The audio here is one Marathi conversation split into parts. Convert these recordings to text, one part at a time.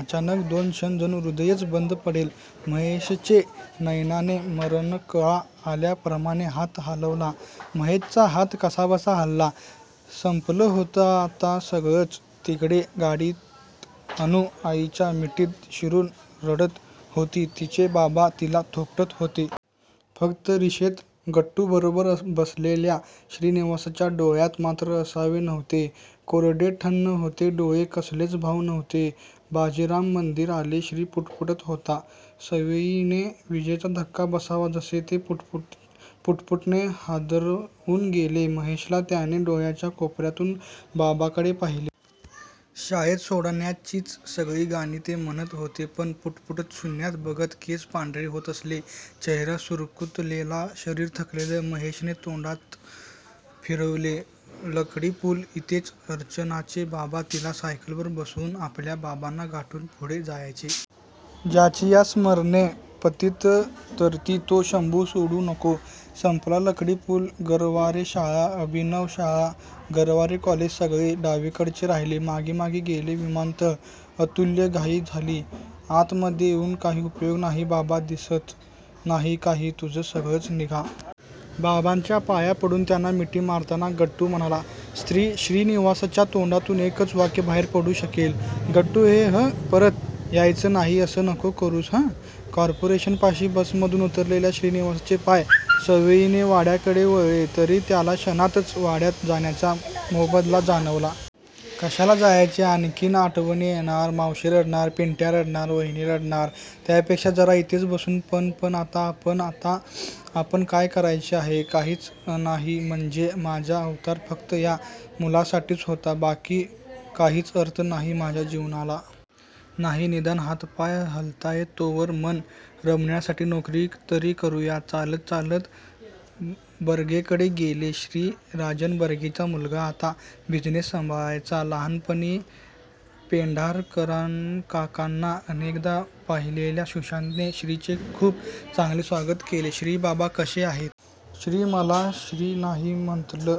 अचानक दोन क्षण जणू हृदयच बंद पडले महेशचे नैनाने मरणकळा आल्याप्रमाणे हात हालवला. महेशचा हात कसाबसा हालला. संपलं होतं आता सगळंच. तिकडे गाडीत अनु आईच्या मिठीत शिरून रडत होती. तिचे बाबा तिला थोपटत होते. फक्त रिक्षेत गट्टूबरोबर बसलेल्या श्रीनिवासच्या डोळ्यात मात्र आसवे नव्हती. कोरडे ठण्ण होते डोळे कसलेच भाव नव्हते. भाजीराम मंदीर आले. श्री पुटपुटत होता सवयीने. विजेचा धक्का बसावा तसे ते पुटपुटणे हादरवून गेले महेशला! त्याने डोळ्यांच्य कोपर्यातून बाबांकडे पाहिले. शाळेत सोडतानाचीच सगळी गाणी ते म्हणत होते, पण पुटपुटत शुन्यात बघत. केस पांढरे होत असले. चेहरा सुरकुतलेला, शरीर थकलेले. महेशने तोंडच फिरवले. लकडी पूल. इथेच अर्चनाचे बाबा तिला सायकलवर बसवून आपल्या बाबांना गाठून पुढे जायचे. ज्याचीया स्मरणे पतीत तरती तो शंभू सोडू नको. संपला लकडी पूल गरवारे शाळा, अभिनव शाळा, गरवारे कॉलेज सगळे डावीकडेच राहिले. मागे मागे गेले. विमानतळावर अतुल्य घाई झाली. आतमध्ये येऊन काही उपयोग नाहीये बाबा दिसतच नाही काही तुम्ही सगळेच निघा. बाबांच्या पाया पडून त्यांना मिठी मारताना गट्टू म्हणाला. श्रीनिवासच्या तोंडातून एकच वाक्य बाहेर पडू शकले. गट्टू ये हं परत? यायचंच नाही असं नको करूस हं कॉर्पोरेशनपाशी बसमधून उतरलेल्या श्रीनिवासचे पाय सवयीने वाड्याकडे वळले तरी त्याला क्षणातच वाड्यात जाण्याचा फोलपणा जाणवला. कशाला जायचे? आणखीन आठवणी येणार. मावशी रडणार. पिट्या रडणार. वहिनी रडणार. त्यापेक्षा जरा इथेच बसू पण पण आता आपण आता आपण काय करायचे आहे? काहीच अनाही? म्हणजे? माझा अवतार फक्त या मुलासाठीच होता? बाकी काहीच अर्थ नाही माझ्या जीवनाला? नाही. निदान हातपाय हलतायत तोवर मन रमवण्यासाठी नोकरी तरी करूयात. चालत चालतच बर्गेंकडे गेला श्री! राजन बर्गेंचा मुलगा आता बिझिनेस सांभाळायचा! लहानपणी पेंढारकरकाकांना अनेकदा पाहिलेल्या सुशांतने श्रीचे खूप चांगले स्वागत केले. श्री बाबा कसे आहेत? श्री मला श्री नाही म्हंटलं.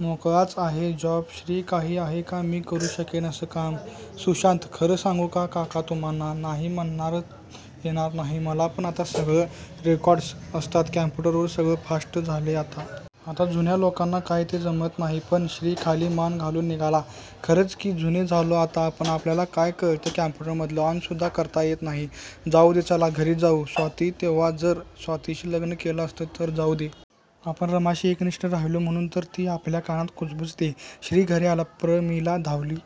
मोकळाच आहे. जॉब श्री काही आहे का मी करू शकेन असं काम? सुशांत खरं सांगू का काका तुम्हाला नाही म्हणताच येणार नाही मला पण आता सगळी रेकॉर्ड्स असतात कंप्युटरवर सगळं फास्ट झालंय आता. आता जुन्या लोकांना काही ते जमत नाही. पण श्री खाली मान घालून निघाला. खरंच की जुने झालो आता आपण आपल्याला काय कळतंय काँप्युटरमधलं? ऑनसुद्धा करता येणार नाही. जाउदे चला. घरीच जाऊ. स्वाती तेव्हा जर स्वातीशी लग्नं केलं असतं तर जाउदे. आपण रमाशी एकनिष्ठ राहिलो म्हणून तर ती आपल्या कानात कुबुजते. श्री घरी आला. प्रमिला धावली.